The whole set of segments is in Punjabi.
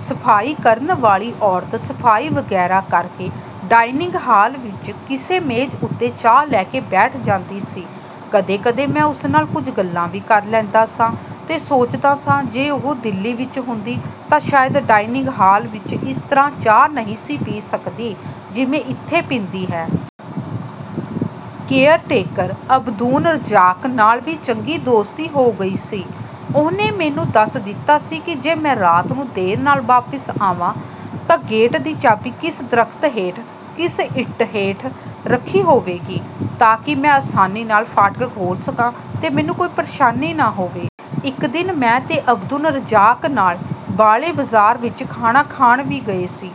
ਸਫ਼ਾਈ ਕਰਨ ਵਾਲੀ ਔਰਤ ਸਫ਼ਾਈ ਵਗੈਰਾ ਕਰਕੇ ਡਾਇਨਿੰਗ ਹਾਲ ਵਿਚ ਕਿਸੇ ਮੇਜ਼ ਉੱਤੇ ਚਾਹ ਲੈ ਕੇ ਬੈਠ ਜਾਂਦੀ ਸੀ। ਕਦੇ-ਕਦੇ ਮੈਂ ਉਸ ਨਾਲ ਕੁਝ ਗੱਲਾਂ ਵੀ ਕਰ ਲੈਂਦਾ ਸਾਂ ਤੇ ਸੋਚਦਾ ਸਾਂ, ਜੇ ਉਹ ਦਿੱਲੀ ਵਿਚ ਹੁੰਦੀ ਤਾਂ ਸ਼ਾਇਦ ਡਾਇਨਿੰਗ ਹਾਲ ਵਿਚ ਇਸ ਤਰ੍ਹਾਂ ਚਾਹ ਨਹੀਂ ਸੀ ਪੀ ਸਕਦੀ, ਜਿਵੇਂ ਇੱਥੇ ਪੀਂਦੀ ਹੈ। ਕੇਅਰਟੇਕਰ ਅਬਦੁਨ ਰੱਜ਼ਾਕ ਨਾਲ ਵੀ ਚੰਗੀ ਦੋਸਤੀ ਹੋ ਗਈ ਸੀ। ਉਹਨੇਂ ਮੈਨੂੰ ਦੱਸ ਦਿੱਤਾ ਸੀ ਕਿ ਜੇ ਮੈਂ ਰਾਤ ਨੂੰ ਦੇਰ ਨਾਲ ਵਾਪਸ ਆਵਾਂ ਤਾਂ ਗੇਟ ਦੀ ਚਾਬੀ ਕਿਸ ਦਰਖ਼ਤ ਹੇਠ, ਕਿਸ ਇੱਟ ਹੇਠ ਰੱਖੀ ਹੋਵੇਗੀ, ਤਾਂ ਕਿ ਮੈਂ ਆਸਾਨੀ ਨਾਲ ਫਾਟਕ ਖੋਲ੍ਹ ਸਕਾਂ ਤੇ ਮੈਨੂੰ ਕੋਈ ਪ੍ਰੇਸ਼ਾਨੀ ਨਾ ਹੋਵੇ। ਇਕ ਦਿਨ ਮੈਂ ਤੇ ਅਬਦੁਨ ਰੱਜ਼ਾਕ ਨਾਲ ਵਾਲੇ ਬਾਜ਼ਾਰ ਵਿਚ ਖਾਣਾ ਖਾਣ ਵੀ ਗਏ ਸੀ।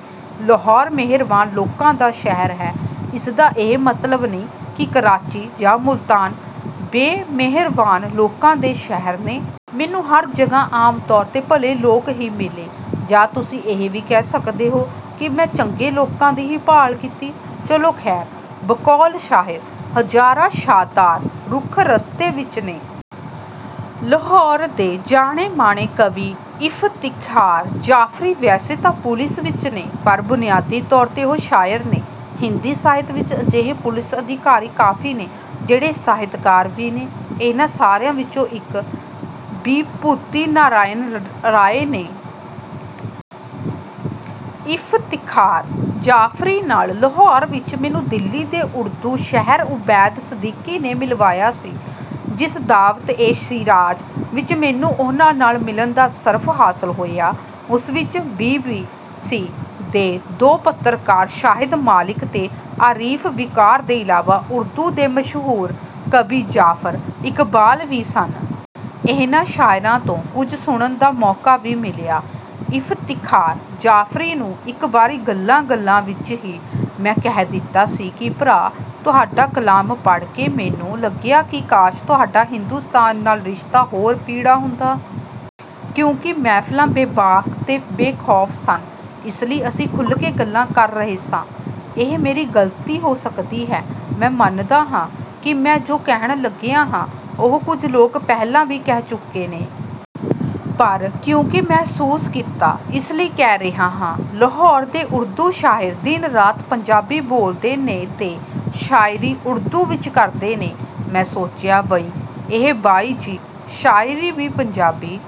ਲਾਹੌਰ ਮਿਹਰਬਾਨ ਲੋਕਾਂ ਦਾ ਸ਼ਹਿਰ ਹੈ, ਇਸਦਾ ਇਹ ਮਤਲਬ ਨਹੀਂ ਕਿ ਕਰਾਚੀ ਜਾਂ ਮੁਲਤਾਨ ਬੇਮਿਹਰਬਾਨ ਲੋਕਾਂ ਦੇ ਸ਼ਹਿਰ ਨੇ। ਮੈਨੂੰ ਹਰ ਜਗ੍ਹਾ ਆਮ ਤੌਰ 'ਤੇ ਭਲੇ ਲੋਕ ਹੀ ਮਿਲੇ। ਜਾਂ ਤੁਸੀਂ ਇਹ ਵੀ ਕਹਿ ਸਕਦੇ ਹੋ ਕਿ ਮੈਂ ਚੰਗੇ ਲੋਕਾਂ ਦੀ ਹੀ ਭਾਲ ਕੀਤੀ। ਚਲੋ ਖ਼ੈਰ, ਬਕੌਲ ਸ਼ਾਇਰ, "ਹਜ਼ਾਰਾਂ ਛਾਂਦਾਰ ਰੁੱਖ ਰਸਤੇ ਵਿਚ ਨੇ।" ਲਾਹੌਰ ਦੇ ਜਾਣੇ-ਮਾਣੇ ਕਵੀ ਇਫ਼ਤਿਖਾਰ ਜਾਫ਼ਰੀ ਵੈਸੇ ਤਾਂ ਪੁਲਿਸ ਵਿਚ ਨੇ, ਪਰ ਬੁਨਿਆਦੀ ਤੌਰ 'ਤੇ ਉਹ ਸ਼ਾਇਰ ਨੇ। ਹਿੰਦੀ ਸਾਹਿਤ ਵਿਚ ਅਜਿਹੇ ਪੁਲਿਸ ਅਧਿਕਾਰੀ ਕਾਫ਼ੀ ਨੇ, ਜਿਹੜੇ ਸਾਹਿਤਕਾਰ ਵੀ ਨੇ। ਇਹਨਾਂ ਸਾਰਿਆਂ ਵਿਚੋਂ ਇਕ ਵਿਭੂਤਿ ਨਾਰਾਇਣ ਰਾਏ ਨੇ। ਇਫ਼ਤਿਖਾਰ ਜਾਫ਼ਰੀ ਨਾਲ ਲਾਹੌਰ ਵਿਚ ਮੈਨੂੰ ਦਿੱਲੀ ਦੇ ਉੜਦੂ ਸ਼ਹਿਰ ਓਬੈਦ ਸਿੱਦੀਕੀ ਨੇ ਮਿਲਵਾਇਆ ਸੀ। ਜਿਸ ਦਾਵਤ-ਏ-ਸ਼ੀਰਾਜ਼ ਵਿਚ ਮੈਨੂੰ ਉਹਨਾਂ ਨਾਲ ਮਿਲਣ ਦਾ ਸ਼ਰਫ਼ ਹਾਸਲ ਹੋਇਆ, ਉਸ ਵਿਚ ਬੀ. ਬੀ. ਸੀ. ਦੇ ਦੋ ਪੱਤਰਕਾਰ ਸ਼ਾਹਿਦ ਮਾਲਿਕ ਤੇ ਆਰਿਫ਼ ਵਿਕਾਰ ਦੇ ਇਲਾਵਾ ਉਰਦੂ ਦੇ ਮਸ਼ਹੂਰ ਕਵੀ ਜ਼ਾਫ਼ਰ ਇਕਬਾਲ ਵੀ ਸਨ। ਇਹਨਾਂ ਸ਼ਾਇਰਾਂ ਤੋਂ ਕੁਝ ਸੁਣਨ ਦਾ ਮੌਕਾ ਵੀ ਮਿਲਿਆ। ਇਫ਼ਤਿਖਾਰ ਜਾਫ਼ਰੀ ਨੂੰ ਇਕ ਵਾਰੀ ਗੱਲਾਂ-ਗੱਲਾਂ ਵਿਚ ਹੀ ਮੈਂ ਕਹਿ ਦਿੱਤਾ ਸੀ ਕਿ, "ਭਰਾ, ਤੁਹਾਡਾ ਕਲਾਮ ਪੜ੍ਹ ਕੇ ਮੈਨੂੰ ਲੱਗਿਆ ਕਿ ਕਾਸ਼ ਤੁਹਾਡਾ ਹਿੰਦੁਸਤਾਨ ਨਾਲ ਰਿਸ਼ਤਾ ਹੋਰ ਪੀੜ੍ਹਾ ਹੁੰਦਾ।" ਕਿਉਂਕਿ ਮਹਿਫ਼ਲਾਂ ਬੇਬਾਕ ਤੇ ਬੇਖ਼ੌਫ਼ ਸਨ, ਇਸ ਲਈ ਅਸੀਂ ਖੁੱਲ੍ਹ ਕੇ ਗੱਲਾਂ ਕਰ ਰਹੇ ਸਾਂ। ਇਹ ਮੇਰੀ ਗ਼ਲਤੀ ਹੋ ਸਕਦੀ ਹੈ। ਮੈਂ ਮੰਨਦਾ ਹਾਂ ਕਿ ਮੈਂ ਜੋ ਕਹਿਣ ਲੱਗਿਆ ਹਾਂ, ਉਹ ਕੁਝ ਲੋਕ ਪਹਿਲਾਂ ਵੀ ਕਹਿ ਚੁੱਕੇ ਨੇ। ਪਰ ਕਿਉਂਕਿ ਮਹਿਸੂਸ ਕੀਤਾ, ਇਸ ਲਈ ਕਹਿ ਰਿਹਾ ਹਾਂ। ਲਾਹੌਰ ਦੇ ਉਰਦੂ ਸ਼ਾਇਰ ਦਿਨ-ਰਾਤ ਪੰਜਾਬੀ ਬੋਲਦੇ ਨੇ ਤੇ ਸ਼ਾਇਰੀ ਉਰਦੂ ਵਿਚ ਕਰਦੇ ਨੇ। ਮੈਂ ਸੋਚਿਆ, "ਬਈ, ਇਹ ਬਾਈ-ਜੀ, ਸ਼ਾਇਰੀ ਵੀ ਪੰਜਾਬੀ...